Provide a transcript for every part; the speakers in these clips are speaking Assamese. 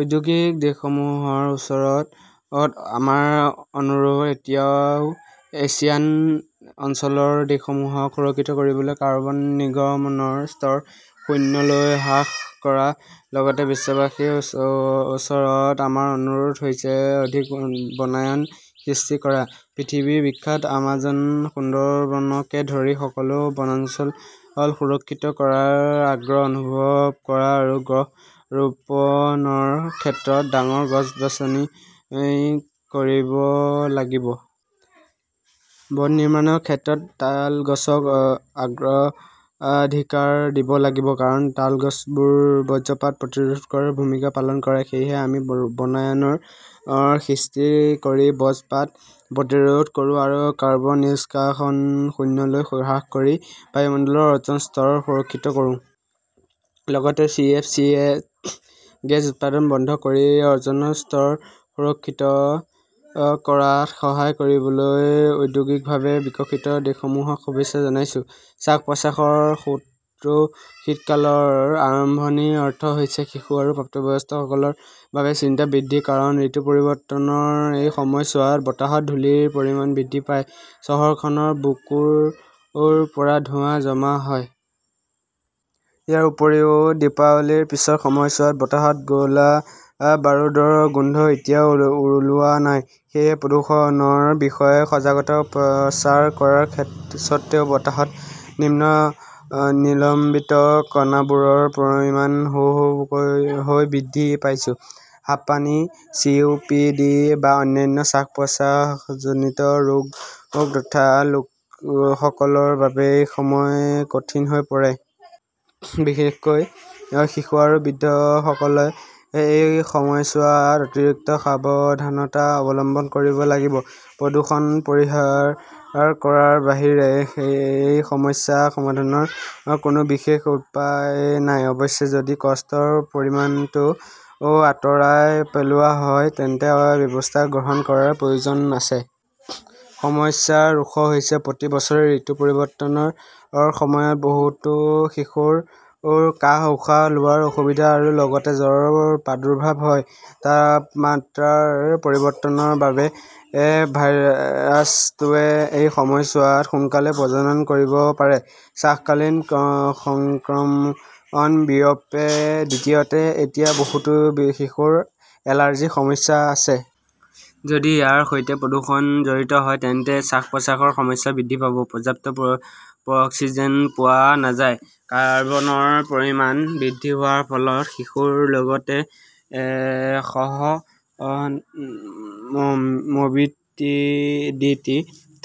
ঔদ্যোগিক দেশসমূহৰ ওচৰত আমাৰ অনুৰোধ, এছিয়ান অঞ্চলৰ দেশসমূহক সুৰক্ষিত কৰিবলৈ কাৰ্বন নিৰ্গমনৰ স্তৰ শূন্যলৈ হ্ৰাস কৰা। লগতে বিশ্ববাসীৰ ওচৰত আমাৰ অনুৰোধ হৈছে অধিক বনায়ন সৃষ্টি কৰা। পৃথিৱীৰ বিখ্যাত আমাজন, সুন্দৰবনকে ধৰি সকলো বনাঞ্চল সুৰক্ষিত কৰাৰ আগ্ৰহ অনুভৱ কৰা আৰু গছ ৰোপণৰ ক্ষেত্ৰত ডাঙৰ গছ বাছনি কৰিব লাগিব। বন নিৰ্মাণৰ ক্ষেত্ৰত তাল গছক অগ্ৰাধিকাৰ দিব লাগিব। কাৰণ তাল গছবোৰে বজ্ৰপাত প্ৰতিৰোধ কৰাৰ ভূমিকা পালন কৰে। সেয়েহে আমি বনায়নৰ সৃষ্টি কৰি বজ পাত প্ৰতিৰোধ কৰোঁ আৰু কাৰ্বন নিষ্কাশন শূন্যলৈ হ্ৰাস কৰি বায়ুমণ্ডলৰ অ'জন স্তৰ সুৰক্ষিত কৰোঁ। লগতে, চি. এফ. চি. -য়ে গেছ উৎপাদন বন্ধ কৰি অ'জনৰ স্তৰ সুৰক্ষিত কৰাত সহায় কৰিবলৈ ঔদ্যোগিকভাৱে বিকশিত দেশসমূহক শুভেচ্ছা জনাইছো। শ্বাস-প্ৰশ্বাসৰ শত্ৰুশীতকালৰ আৰম্ভণিৰ অৰ্থ হৈছে শিশু আৰু প্ৰাপ্তবয়স্কসকলৰ বাবে চিন্তা বৃদ্ধি। কাৰণ ঋতু পৰিৱৰ্তনৰ এই সময়ছোৱাত বতাহত ধূলিৰ পৰিমাণ বৃদ্ধি পায়, চহৰখনৰ বুকুৰ পৰা ধোঁৱা জমা হয়। ইয়াৰ উপৰিও দীপাৱলীৰ পিছৰ সময়ছোৱাত বতাহত গোলা-বাৰুদৰ গোন্ধ এতিয়াও ওলোৱা নাই। সেয়েহে প্ৰদূষণৰ বিষয়ে সজাগতা প্ৰচাৰ কৰাৰ স্বত্ত্বেও বতাহত নিলম্বিত কণাবোৰৰ পৰিমাণ হু-হু হৈ বৃদ্ধি পাইছে। হাঁপানি, চি. ও. পি. ডি. বা অন্যান্য শ্বাস-প্ৰশ্বাসজনিত ৰোগ থকা লোকসকলৰ বাবে এই সময় কঠিন হৈ পৰে। বিশেষকৈ শিশু আৰু বৃদ্ধসকলে এই সময়ছোৱাত অতিৰিক্ত সাৱধানতা অৱলম্বন কৰিব লাগিব। প্ৰদূষণ পৰিহাৰ কৰাৰ বাহিৰে এই সমস্যা সমাধানৰ কোনো বিশেষ উপায় নাই। অৱশ্যে, যদি কষ্টৰ পৰিমাণটো আঁতৰাই পেলোৱা হয় তেন্তে ব্যৱস্থা গ্ৰহণ কৰাৰ প্ৰয়োজন আছে। সমস্যাৰ উৎস হৈছে প্ৰতি বছৰে ঋতু পৰিৱৰ্তনৰ সময়ত বহুতো শিশুৰ কাহ, উশাহ লোৱাৰ অসুবিধা আৰু লগতে জ্বৰৰ প্ৰাদুৰ্ভাৱ হয়। তাপমাত্ৰাৰ পৰিৱৰ্তনৰ বাবে ভাইৰাছটোৱে এই সময়ছোৱাত সোনকালে প্ৰজনন কৰিব পাৰে। শ্বাসনলীৰ সংক্ৰমণ বিয়পে। দ্বিতীয়তে, এতিয়া বহুতো শিশুৰ এলাৰ্জিৰ সমস্যা আছে। যদি ইয়াৰ সৈতে প্ৰদূষণ জড়িত হয়, তেন্তে শ্বাস-প্ৰশ্বাসৰ সমস্যা বৃদ্ধি পাব। পৰ্যাপ্ত অক্সিজেন পোৱা নাযায়, কাৰ্বনৰ পৰিমাণ বৃদ্ধি হোৱাৰ ফলত শিশুৰ লগতে সহ-মৰ্বিডিটি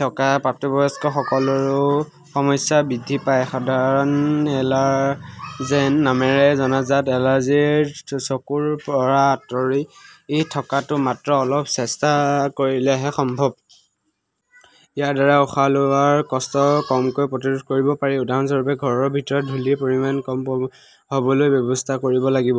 থকা প্ৰাপ্তবয়স্কসকলৰো সমস্যা বৃদ্ধি পায়। সাধাৰণ এলাৰ্জেন নামেৰে জনাজাত এলাৰ্জিৰ চকুৰ পৰা আঁতৰি থকাটো মাত্ৰ অলপ চেষ্টা কৰিলেহে সম্ভৱ। ইয়াৰ দ্বাৰা উশাহ লোৱাৰ কষ্ট কমকৈ প্ৰতিৰোধ কৰিব পাৰি। উদাহৰণস্বৰূপে, ঘৰৰ ভিতৰত ধূলিৰ পৰিমাণ কম হ'বলৈ ব্যৱস্থা কৰিব লাগিব।